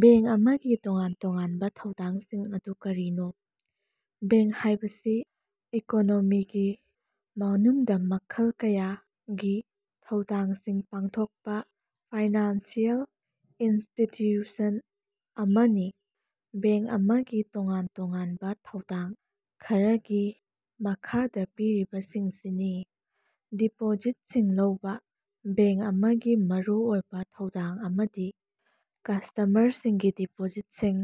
Bank ꯑꯃꯒꯤ ꯇꯣꯉꯥꯟ-ꯇꯣꯉꯥꯟꯕ ꯊꯧꯗꯥꯡꯁꯤꯡ ꯑꯗꯨ ꯀꯔꯤꯅꯣ? ꯕꯦꯡ ꯍꯥꯏꯕꯁꯤ ꯏꯀꯣꯅꯣꯃꯤꯒꯤ ꯃꯅꯨꯡꯗꯥ ꯃꯈꯜ ꯀꯌꯥꯒꯤ ꯊꯧꯗꯥꯡꯁꯤꯡ ꯄꯥꯡꯊꯣꯛꯄ ꯐꯥꯏꯅꯥꯟꯁꯤꯑꯦꯜ ꯏꯟꯁꯇꯤꯇꯌꯨꯁꯟ ꯑꯃꯅꯤ꯫ ꯕꯦꯡ ꯑꯃꯒꯤ ꯇꯣꯉꯥꯟ-ꯇꯣꯉꯥꯟꯕ ꯊꯧꯗꯥꯡ ꯈꯔꯒꯤ ꯃꯈꯥꯗ ꯄꯤꯔꯤꯕꯁꯤꯡꯁꯤꯅꯤ: ꯗꯤꯄꯣꯖꯤꯠꯁꯤꯡ ꯂꯧꯕ: ꯕꯦꯡ ꯑꯃꯒꯤ ꯃꯔꯨꯑꯣꯏꯕ ꯊꯧꯗꯥꯡ ꯑꯃꯗꯤ ꯀꯁ꯭ꯇꯝꯃꯔꯁꯤꯡꯗꯒꯤ ꯗꯤꯄꯣꯖꯤꯠꯁꯤꯡ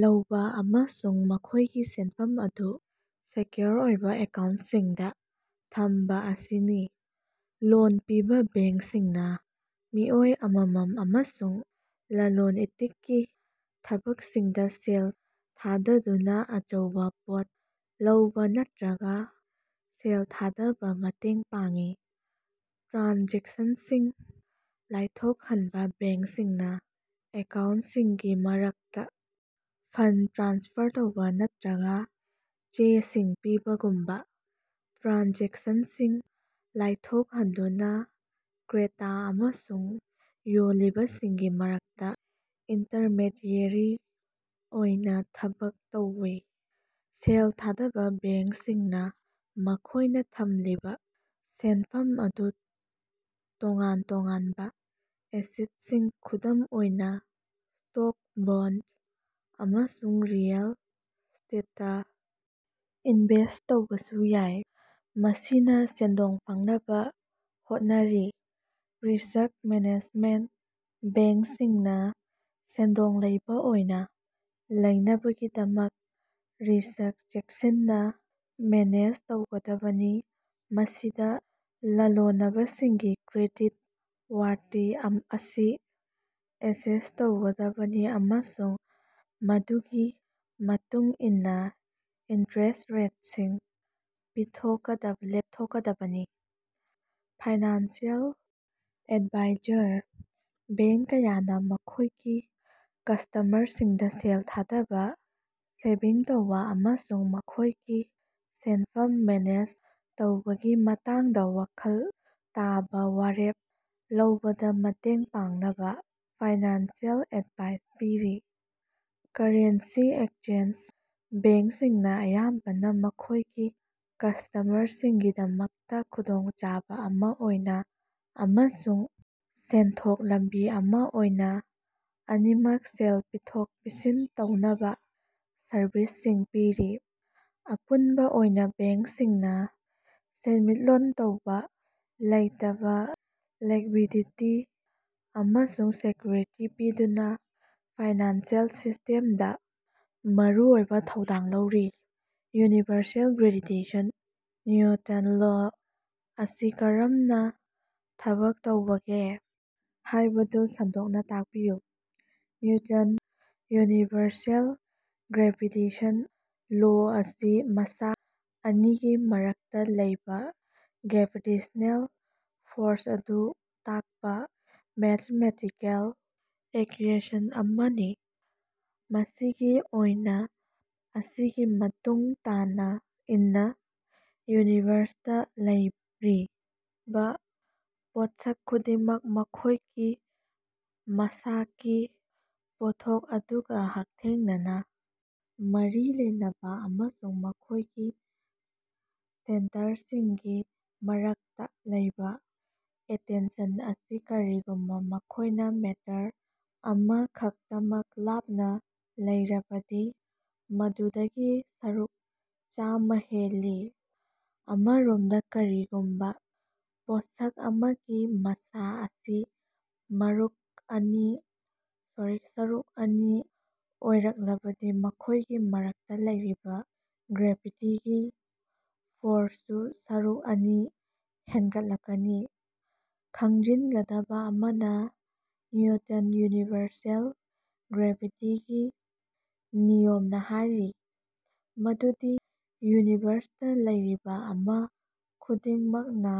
ꯂꯧꯕ ꯑꯃꯁꯨꯡ ꯃꯈꯣꯏꯒꯤ ꯁꯦꯟꯐꯝ ꯑꯗꯨ ꯁꯦꯀꯌꯨꯑꯣꯔ ꯑꯣꯏꯕ ꯑꯦꯀꯥꯎꯟꯇꯁꯤꯡꯗ ꯊꯝꯕ ꯑꯁꯤꯅꯤ꯫ ꯂꯣꯟ ꯄꯤꯕ: ꯕꯦꯡꯁꯤꯡꯅ ꯃꯤꯑꯣꯏ ꯑꯃꯃꯝ ꯑꯃꯁꯨꯡ ꯂꯂꯣꯟ-ꯏꯇꯤꯛꯀꯤ ꯊꯕꯛꯁꯤꯡꯗ ꯁꯦꯜ ꯊꯥꯗꯗꯨꯅ ꯑꯆꯧꯕ ꯄꯣꯠ ꯂꯩꯕ ꯅꯠꯇꯔꯒ ꯁꯦꯜ ꯊꯥꯗꯕꯗ ꯃꯇꯦꯡ ꯄꯥꯡꯏ꯫ ꯇ꯭ꯔꯥꯟꯖꯦꯛꯁꯟꯁꯤꯡ ꯂꯥꯏꯊꯣꯛꯍꯟꯕ: ꯕꯦꯡꯁꯤꯡꯅ ꯑꯦꯀꯥꯎꯟꯇꯁꯤꯡꯒꯤ ꯃꯔꯛꯇꯥ ꯐꯟꯗ ꯇ꯭ꯔꯥꯟꯁꯐꯔ ꯇꯧꯕ ꯅꯠꯇꯔꯒ ꯆꯦꯁꯤꯡ ꯄꯤꯕꯒꯨꯝꯕ ꯇ꯭ꯔꯥꯟꯖꯦꯛꯁꯟꯁꯤꯡ ꯂꯥꯏꯊꯣꯍꯟꯗꯨꯅꯥ ꯀ꯭ꯔꯦꯇꯥ ꯑꯃꯁꯨꯡ ꯌꯣꯜꯂꯤꯕꯁꯤꯡꯒꯤ ꯃꯔꯛꯇ ꯏꯟꯇꯔꯃꯦꯗꯤꯑꯦꯔꯤ ꯑꯣꯏꯅ ꯊꯕꯛ ꯇꯧꯏ꯫ ꯁꯦꯜ ꯊꯥꯗꯕ ꯕꯦꯡꯁꯤꯡꯅ ꯃꯈꯣꯏꯅ ꯊꯝꯂꯤꯕ ꯁꯦꯟꯐꯝ ꯑꯗꯨ ꯇꯣꯉꯥꯟ ꯇꯣꯉꯥꯟꯕꯥ ꯑꯦꯁꯦꯠꯁꯤꯡ, ꯈꯨꯗꯝ ꯑꯣꯏꯅ ꯁ꯭ꯇꯣꯛ, ꯕꯣꯟꯗ, ꯑꯃꯁꯨꯡ ꯔꯤꯑꯦꯜ ꯏꯁ꯭ꯇꯦꯠꯇꯥ ꯏꯟꯚꯦꯁ꯭ꯠ ꯇꯧꯕꯁꯨ ꯌꯥꯏ, ꯃꯁꯤꯅ ꯁꯦꯟꯗꯣꯡ ꯐꯪꯅꯕ ꯍꯣꯠꯅꯔꯤ꯫ ꯔꯤꯁ꯭ꯛ ꯃꯦꯅꯦꯖꯃꯦꯟꯇ: ꯕꯦꯡꯁꯤꯡꯅꯥ ꯁꯦꯟꯗꯣꯡ ꯂꯩꯕ ꯑꯣꯏꯅꯥ ꯂꯩꯅꯕꯒꯤꯗꯃꯛ ꯔꯤꯁ꯭ꯛ ꯆꯦꯀꯁꯤꯟꯅꯥ ꯃꯦꯅꯦꯖ ꯇꯧꯒꯗꯕꯅꯤ, ꯃꯁꯤꯗꯥ ꯂꯂꯣꯅꯕꯁꯤꯡꯒꯤ ꯀ꯭ꯔꯦꯗꯤꯠ ꯋꯥꯔꯇꯤ ꯑꯁꯤ ꯑꯦꯁꯦꯁ ꯇꯧꯒꯗꯕꯅꯤ ꯑꯃꯁꯨꯡ ꯃꯗꯨꯒꯤ ꯃꯇꯨꯡ ꯏꯟꯅ ꯏꯟꯇꯔꯦꯁ ꯔꯦꯠꯁꯤꯡ ꯂꯦꯞꯊꯣꯛꯀꯗꯕꯅꯤ꯫ ꯐꯥꯏꯅꯥꯟꯁꯤꯑꯦꯜ ꯑꯦꯗꯚꯥꯏꯖꯔ: ꯕꯦꯡ ꯀꯌꯥꯅ ꯃꯈꯣꯏꯒꯤ ꯀꯁ꯭ꯇꯝꯃꯔꯁꯤꯡꯗ ꯁꯦꯜ ꯊꯥꯗꯕ, ꯁꯦꯚꯤꯡ ꯇꯧꯕ ꯑꯃꯁꯨꯡ ꯃꯈꯣꯏꯒꯤ ꯁꯦꯟꯐꯝ ꯃꯦꯅꯦꯖ ꯇꯧꯕꯒꯤ ꯃꯇꯥꯡꯗ ꯋꯥꯈꯜ ꯇꯥꯕ ꯋꯥꯔꯦꯞ ꯂꯧꯕꯗꯥꯃꯇꯦꯡ ꯄꯥꯡꯅꯕ ꯐꯥꯏꯅꯥꯟꯁꯤꯑꯦꯜ ꯑꯦꯗꯚꯥꯏ ꯄꯤꯔꯤ꯫ ꯀꯔꯦꯟꯁꯤ ꯑꯦꯛꯁꯆꯦꯟꯖ: ꯕꯦꯡꯁꯤꯡꯅ ꯑꯌꯥꯝꯕꯅ ꯃꯈꯣꯏꯒꯤ ꯀꯁ꯭ꯇꯝꯃꯔꯁꯤꯡꯒꯤꯗꯃꯛꯇ ꯈꯨꯗꯣꯡꯆꯥꯕ ꯑꯃ ꯑꯣꯏꯅ ꯑꯃꯁꯨꯡ ꯁꯦꯟꯊꯣꯛ ꯂꯝꯕꯤ ꯑꯃ ꯑꯣꯏꯅ ꯑꯅꯤꯃꯛ ꯁꯦꯜ ꯄꯤꯊꯣꯛ-ꯄꯤꯁꯤꯟ ꯇꯧꯅꯕ ꯁꯔꯚꯤꯁꯁꯤꯡ ꯄꯤꯔꯤ꯫ ꯑꯄꯨꯟꯕꯥ ꯑꯣꯏꯅꯥ, ꯕꯦꯡꯁꯤꯡꯅꯥ ꯁꯦꯟꯃꯤꯠꯂꯣꯟꯗ ꯇꯪꯗꯨ ꯂꯩꯇꯥꯕ, ꯂꯤꯛꯕꯤꯗꯤꯇꯤ, ꯑꯃꯁꯨꯡ ꯁꯦꯀꯌꯨꯔꯤꯇꯤ ꯄꯤꯗꯨꯅꯥ ꯐꯥꯏꯅꯥꯟꯁꯤꯑꯦꯜ ꯁꯤꯁ꯭ꯇꯦꯝꯗꯥ ꯃꯔꯨꯑꯣꯏꯕ ꯊꯧꯗꯥꯡ ꯂꯧꯔꯤ꯫ ꯌꯨꯅꯤꯚꯔꯁꯦꯜ ꯒ꯭ꯔꯦꯚꯤꯇꯦꯁꯟ ꯅꯤꯎꯇꯟ ꯂꯣ ꯑꯁꯤ ꯀꯔꯝꯅꯥ ꯊꯕꯛ ꯇꯧꯕꯒꯦ ꯍꯥꯏꯕꯗꯨ ꯁꯟꯗꯣꯛꯅ ꯇꯥꯛꯄꯤꯌꯨ꯫ ꯅꯤꯎꯇꯟ ꯌꯨꯅꯤꯚꯔꯁꯦꯜ ꯒ꯭ꯔꯦꯚꯤꯇꯦꯁꯟ ꯂꯣ ꯑꯁꯤ ꯃꯥꯁ ꯑꯅꯤꯒꯤ ꯃꯔꯛꯇꯥ ꯂꯩꯕ ꯒ꯭ꯔꯦꯚꯤꯇꯦꯁꯅꯦꯜ ꯐꯣꯔꯁ ꯑꯗꯨ ꯇꯥꯛꯄ ꯃꯦꯊꯃꯦꯇꯤꯀꯦꯜ ꯏꯀ꯭ꯌꯦꯁꯟ ꯑꯃꯅꯤ꯫ ꯃꯁꯤꯒꯤ ꯑꯥꯏꯟ ꯑꯁꯤꯒꯤ ꯃꯇꯨꯡ ꯏꯟꯅꯥ ꯌꯨꯅꯤꯚꯔꯁꯇꯥ ꯂꯩꯔꯤꯕꯥ ꯄꯣꯠꯁꯛ ꯈꯨꯗꯤꯡꯃꯛ ꯃꯈꯣꯏꯒꯤ ꯃꯥꯁꯀꯤ ꯄꯣꯠꯊꯣꯛ ꯑꯗꯨꯒ ꯍꯛꯊꯦꯡꯅꯅꯥ ꯃꯔꯤ ꯂꯩꯅꯕꯥ ꯑꯃꯁꯨꯡ ꯃꯈꯣꯏꯒꯤ ꯁꯦꯟꯇꯔꯁꯤꯡꯒꯤ ꯃꯔꯛꯇꯥ ꯂꯩꯕ ꯑꯇꯦꯟꯁꯟ ꯑꯁꯤ ꯀꯔꯤꯒꯨꯝꯕꯥ ꯃꯈꯣꯏꯅ ꯃꯤꯇꯔ ꯑꯃꯥ ꯈꯛꯇꯃꯛ ꯂꯥꯞꯅ ꯂꯩꯔꯕꯗꯤ ꯃꯗꯨꯗꯒꯤ ꯁꯔꯨꯛ ꯆꯃꯥ ꯍꯦꯜꯂꯤ꯫ ꯑꯃꯔꯣꯝꯗ ꯀꯔꯤꯒꯨꯝꯕ ꯄꯣꯠꯁꯛ ꯑꯃꯒꯤ ꯃꯥꯁ ꯑꯁꯤ ꯁꯔꯨꯛ ꯑꯅꯤ ꯑꯣꯏꯔꯛꯂꯕꯗꯤ ꯃꯈꯣꯏꯒꯤ ꯃꯔꯛꯇ ꯂꯩꯔꯤꯕ ꯒ꯭ꯔꯦꯚꯤꯇꯤꯒꯤ ꯐꯣꯔꯁꯁꯨ ꯁꯔꯨꯛ ꯑꯅꯤ ꯍꯦꯒꯠꯂꯛꯀꯅꯤ꯫ ꯈꯪꯖꯤꯟꯒꯗꯕ ꯑꯃꯅ, ꯅꯤꯎꯇꯟ ꯌꯨꯅꯤꯚꯔꯁꯦꯜ ꯒ꯭ꯔꯦꯚꯤꯇꯤꯒꯤ ꯅꯤꯌꯝꯅ ꯍꯥꯢꯔꯤ ꯃꯗꯨꯗꯤ ꯌꯨꯅꯤꯚꯔꯁꯇꯥ ꯂꯩꯔꯤꯕ ꯃꯥꯁ ꯈꯨꯗꯤꯡꯃꯛꯅ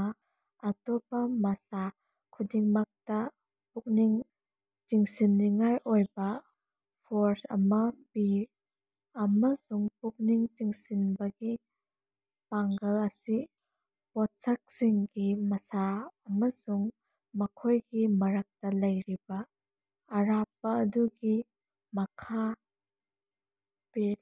ꯑꯇꯣꯞꯄ ꯃꯥꯁ ꯈꯨꯗꯤꯡꯃꯛꯇꯥ ꯄꯨꯛꯅꯤꯡ ꯆꯤꯡꯁꯤꯟꯅꯤꯡꯉꯥꯏ ꯑꯣꯏꯕ ꯐꯣꯔꯁ ꯑꯃ ꯄꯤ, ꯑꯃꯁꯨꯡ ꯄꯨꯛꯅꯤꯡ ꯆꯤꯡꯁꯤꯟꯕꯒꯤ ꯄꯥꯡꯒꯜ ꯑꯁꯤ ꯄꯣꯠꯁꯛꯁꯤꯡꯒꯤ ꯃꯥꯁ ꯑꯃꯁꯨꯡ ꯃꯈꯣꯏꯒꯤ ꯃꯔꯛꯇ ꯂꯩꯔꯤꯕ ꯑꯔꯥꯞꯄ ꯑꯗꯨꯒꯤ ꯃꯈꯥ ꯄꯣꯜꯂꯤ꯫।